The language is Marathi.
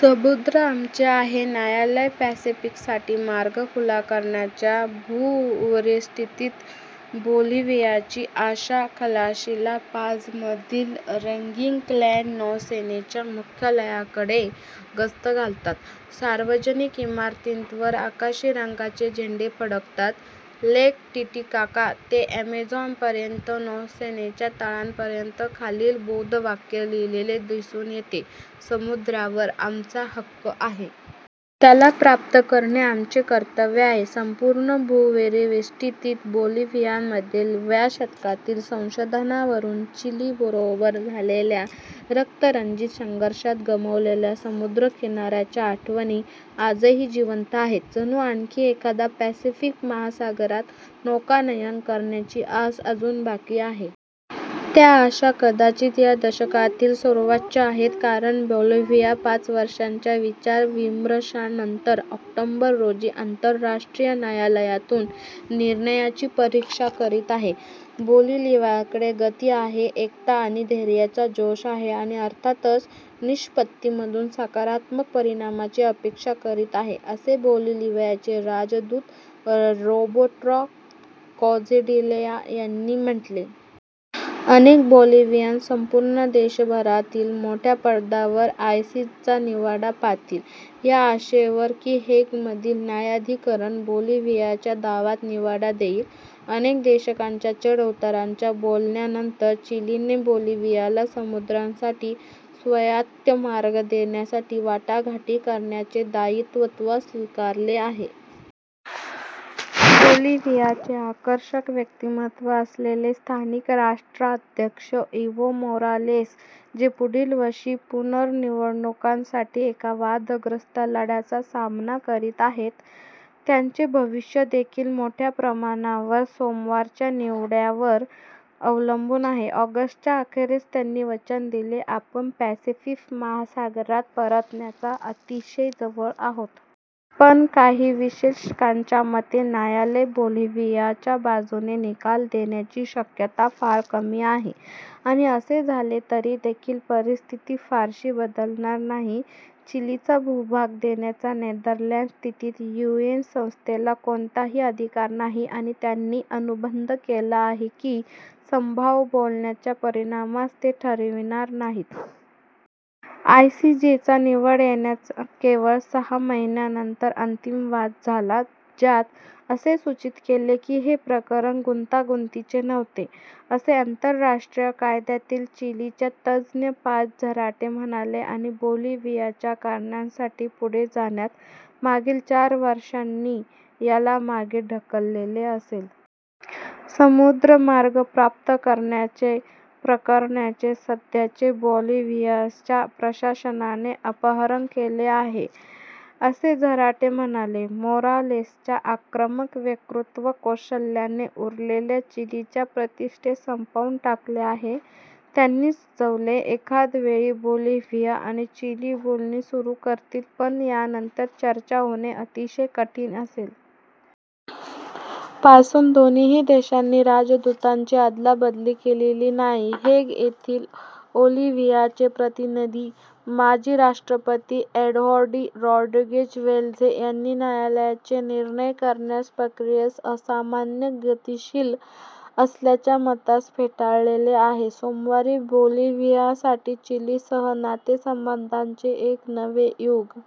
'समुद्र आमचे आहे':न्यायालय पॅसिफिकसाठी मार्ग खुला करण्याची भूपरिवेष्टित बोलिव्हियाची आशा. खलाशी ला पाझमधील रिगिंग-क्लॅड नौसेनेच्या मुख्यालयाकडे गस्त घालतात. सार्वजनिक इमारतींवर आकाशी रंगाचे झेंडे फडकतात. लेक टीटीकाका ते अॅमेझॉनपर्यंत नौसेनेच्या तळापर्यंत खालील बोधवाक्य लिहिलेले दिसून येते: "समुद्रावर आमचा हक्क आहे. त्याला प्राप्त करणे आमचे कर्तव्य आहे. " संपूर्ण भूपरिवेष्टित बोलिव्हियामध्ये व्या शतकातील संसाधनांवरून चिलीबरोबर झालेल्या रक्तरंजित संघर्षात गमावलेल्या समुद्रकिनाऱ्याच्या आठवणी आजही जिवंत आहेत- जणू आणखी एकदा पॅसिफिक महासागरात नौकानयन करण्याची आस अजून बाकी आहे. त्या आशा कदाचित या दशकातील सर्वोच्च आहेत, कारण बोलिव्हिया पाच वर्षांच्या विचार-विमर्शानंतर ऑक्टोबर रोजी आंतरराष्ट्रीय न्यायालयातून निर्णयाची प्रतीक्षा करत आहे. "बोलिव्हियाकडे गति आहे, एकता आणि धैर्याचा जोश आहे, आणि अर्थातच निष्पत्तीमधून सकारात्मक परिणामाची अपेक्षा करीत आहे," असे बोलिव्हियाचे राजदूत रॉबर्टो काझेडिला यांनी म्हटले. अनेक बोलिव्हियन संपूर्ण देशभरात मोठ्या पडद्यावर आयसीजचा निवाडा पाहतील, या आशेवर की हेगमधील न्यायाधिकरण बोलिव्हियाच्या दाव्यात निवाडा देईल – अनेक दशकांच्या चढ-उताराच्या बोलण्यांनंतर – चिलीने बोलिव्हियाला समुद्रासाठी स्वायत्त मार्ग देण्यासाठी वाटाघाटी करण्याचे दायित्त्व स्वीकारले आहे. बोलिव्हियाचे आकर्षक व्यक्तिमत्व असलेले स्थानिक राष्ट्राध्यक्ष इव्हो मोरालेस – जे पुढील वर्षी पुनः निवडणुकांसाठी एका वादग्रस्त लढ्याचा सामना करीत आहेत – त्यांचे भविष्य देखील मोठ्या प्रमाणावर सोमवारच्या निवाड्यावर अवलंबून आहे. ऑगस्टच्या अखेरीस त्यांनी वचन दिले, "आपण पॅसिफिक महासागरात परतण्याच्या अतिशय जवळ आहोत. " पण काही विश्लेषकांच्या मते न्यायालय बोलिव्हियाच्या बाजूने निकाल देण्याची शक्यता फार कमी आहे – आणि असे झाले तरी देखील परिस्थिती फारशी बदलणार नाही. चिलीचा भूभाग देण्याचा नेदरलँड्स-स्थित यूएन संस्थेला कोणताही अधिकार नाही, आणि त्यांनी अनुबंध केला आहे की संभाव्य बोलण्यांच्या परिणामास ते ठरविणार नाहीत. आयसीजेचा निवडा येण्याच्या केवळ सहा महिन्यानंतर अंतिम वाद झाला, ज्यात असे सूचित केले की हे प्रकरण "गुंतागुंतीचे नव्हते," असे आंतरराष्ट्रीय कायद्यातील चीलीच्या तज्ज्ञ पाझ झराटे म्हणाल्या. आणि बोलिव्हियाच्या कारणासाठी पुढे जाण्यात, मागील चार वर्षांनी याला मागे ढकलले असेल. "समुद्री मार्ग प्राप्त करण्याचे प्रकरणाचे सध्याच्या बोलिव्हियाच्या प्रशासनाने अपहरण केले आहे," असे झराटे म्हणाल्या. मोरालेसच्या आक्रमक वक्तृत्वकौशल्याने उरलेल्या चिलीच्या प्रतिष्ठेस संपवून टाकले आहे, त्यांनी सुचविले. एखाद वेळी बोलिव्हिया आणि चिली बोलणी सुरु करतील, पण यानंतर चर्चा होणे अतिशय कठीण असेल. पासून दोन्ही देशांनी राजदूतांची अदलाबदली केलेली नाही. हेग येथील बोलिव्हियाचे प्रतिनिधी, माजी राष्ट्रपती एड्वार्डो रॉड्रिग्ज वेल्झे यांनी न्यायालयाच्या निर्णय करण्याच्या प्रक्रियेस असामान्य गतिशील असल्याच्या मतास फेटाळले आहे. "सोमवारी बोलिव्हियासाठी चिलीसह नातेसंबंधांचे एक नवे युग